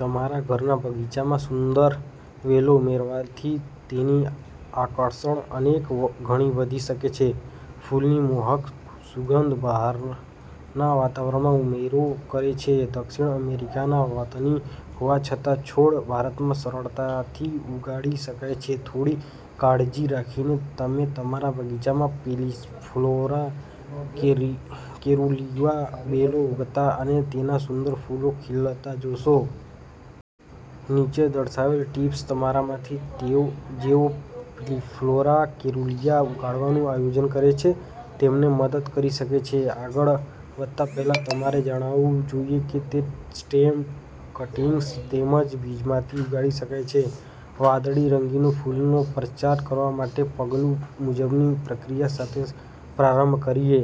તમારા ઘરના બગીચામાં સુંદર વેલો ઉમેરવાથી તેની આકર્ષણ અનેક ગણી વધી શકે છે. ફૂલની મોહક સુગંધ બહારના વાતાવરણમાં ઉમેરો કરે છે. દક્ષિણ અમેરિકાના વતની હોવા છતાં, છોડ ભારતમાં સરળતાથી ઉગાડી શકાય છે. થોડી કાળજી રાખીને તમે તમારા બગીચામાં પેસિફ્લોરા કેરુલીઆ વેલો ઉગતા અને તેના સુંદર ફૂલો ખીલતા જોશો. નીચે દર્શાવેલ ટિપ્સ તમારામાંથી જેઓ પેસિફ્લોરા કેરુલીયા ઉગાડવાનું આયોજન કરે છે તેમને મદદ કરી શકે છે. આગળ વધતા પહેલા, તમારે જાણવું જોઈએ કે તે સ્ટેમ કટીંગ્સ તેમજ બીજમાંથી ઉગાડી શકાય છે. વાદળી-રંગીન ફૂલનો પ્રચાર કરવા માટે પગલું મુજબની પ્રક્રિયા સાથે પ્રારંભ કરીએ.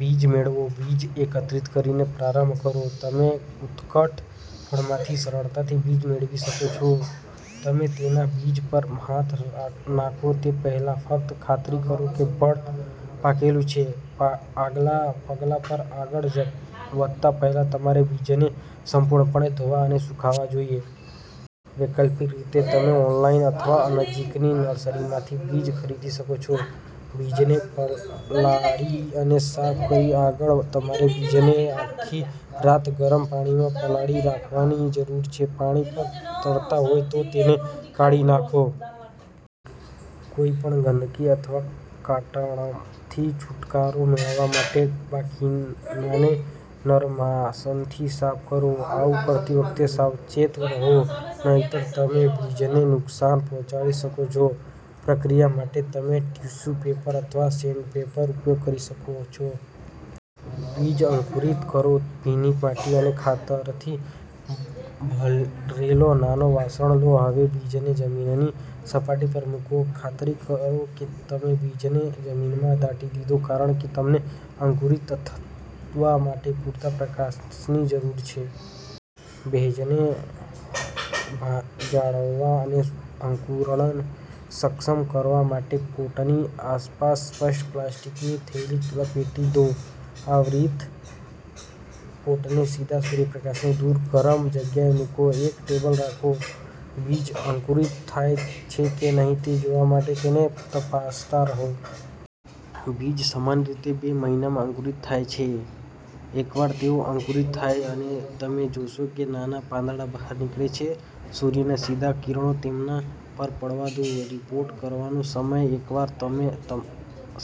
બીજ મેળવો, બીજ એકત્રિત કરીને પ્રારંભ કરો. તમે ઉત્કટ ફળમાંથી સરળતાથી બીજ મેળવી શકો છો. તમે તેના બીજ પર હાથ નાખો તે પહેલાં ફક્ત ખાતરી કરો કે ફળ પાકેલું છે. આગલા પગલા પર આગળ વધતા પહેલા તમારે બીજને સંપૂર્ણપણે ધોવા અને સૂકવવા જોઈએ. વૈકલ્પિક રીતે, તમે ઓનલાઈન અથવા નજીકની નર્સરીમાંથી બીજ ખરીદી શકો છો. બીજને પલાળી અને સાફ કરો. આગળ, તમારે બીજને આખી રાત ગરમ પાણીમાં પલાળી રાખવાની જરૂર છે. પાણી પર તરતા હોય તેને કાઢી નાખો. કોઈ પણ ગંદકી અથવા કાટમાળથી છુટકારો મેળવવા માટે બાકીનાને નરમાશથી સાફ કરો. આવું કરતી વખતે સાવચેત રહો નહીંતર તમે બીજને નુકસાન પહોંચાડી શકો છો. પ્રક્રિયા માટે તમે ટીશ્યુ પેપર અથવા સેન્ડપેપરનો ઉપયોગ કરી શકો છો. બીજ અંકુરિત કરો, ભીની માટી અને ખાતરથી ભરેલો નાનો વાસણ લો. હવે, બીજને જમીનની સપાટી પર મૂકો. ખાતરી કરો કે તમે બીજને જમીનમાં દાટી દો કારણ કે તેમને અંકુરિત થવા માટે પૂરતા પ્રકાશની જરૂર છે. ભેજને જાળવવા અને અંકુરણને સક્ષમ કરવા માટે પોટની આસપાસ સ્પષ્ટ પ્લાસ્ટિકની થેલી લપેટી દો. આવરિત પોટને સીધા સૂર્યપ્રકાશથી દૂર ગરમ જગ્યાએ મૂકો. એક ટેબ રાખો. બીજ અંકુરિત થયા છે કે નહીં તે જોવા માટે તેને તપાસતા રહો. બીજ સામાન્ય રીતે બે મહિનામાં અંકુરિત થાય છે. એકવાર તેઓ અંકુરિત થાય અને તમે જોશો કે નાના પાંદડા બહાર નીકળે છે. સૂર્યના સીધા કિરણો તેમના પર પડવા દો. રીપોટ કરવાનો સમય એકવાર તમે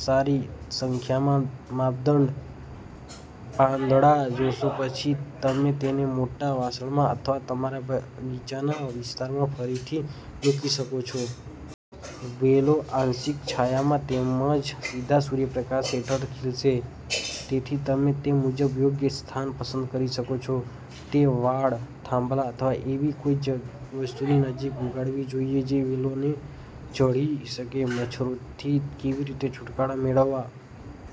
સારી સંખ્યામાં પાંદડા જોશો, પછી તમે તેને મોટા વાસણમાં અથવા તમારા બગીચાના વિસ્તારમાં ફરીથી મૂકી શકો છો. વેલો આંશિક છાયામાં તેમજ સીધા સૂર્યપ્રકાશ હેઠળ ખીલશે. તેથી, તમે તે મુજબ યોગ્ય સ્થાન પસંદ કરી શકો છો. તે વાડ, થાંભલા અથવા એવી કોઈ વસ્તુની નજીક ઉગાડવી જોઈએ જે વેલોને ચઢી શકે. મચ્છરોથી કેવી રીતે છુટકારો મેળવવો?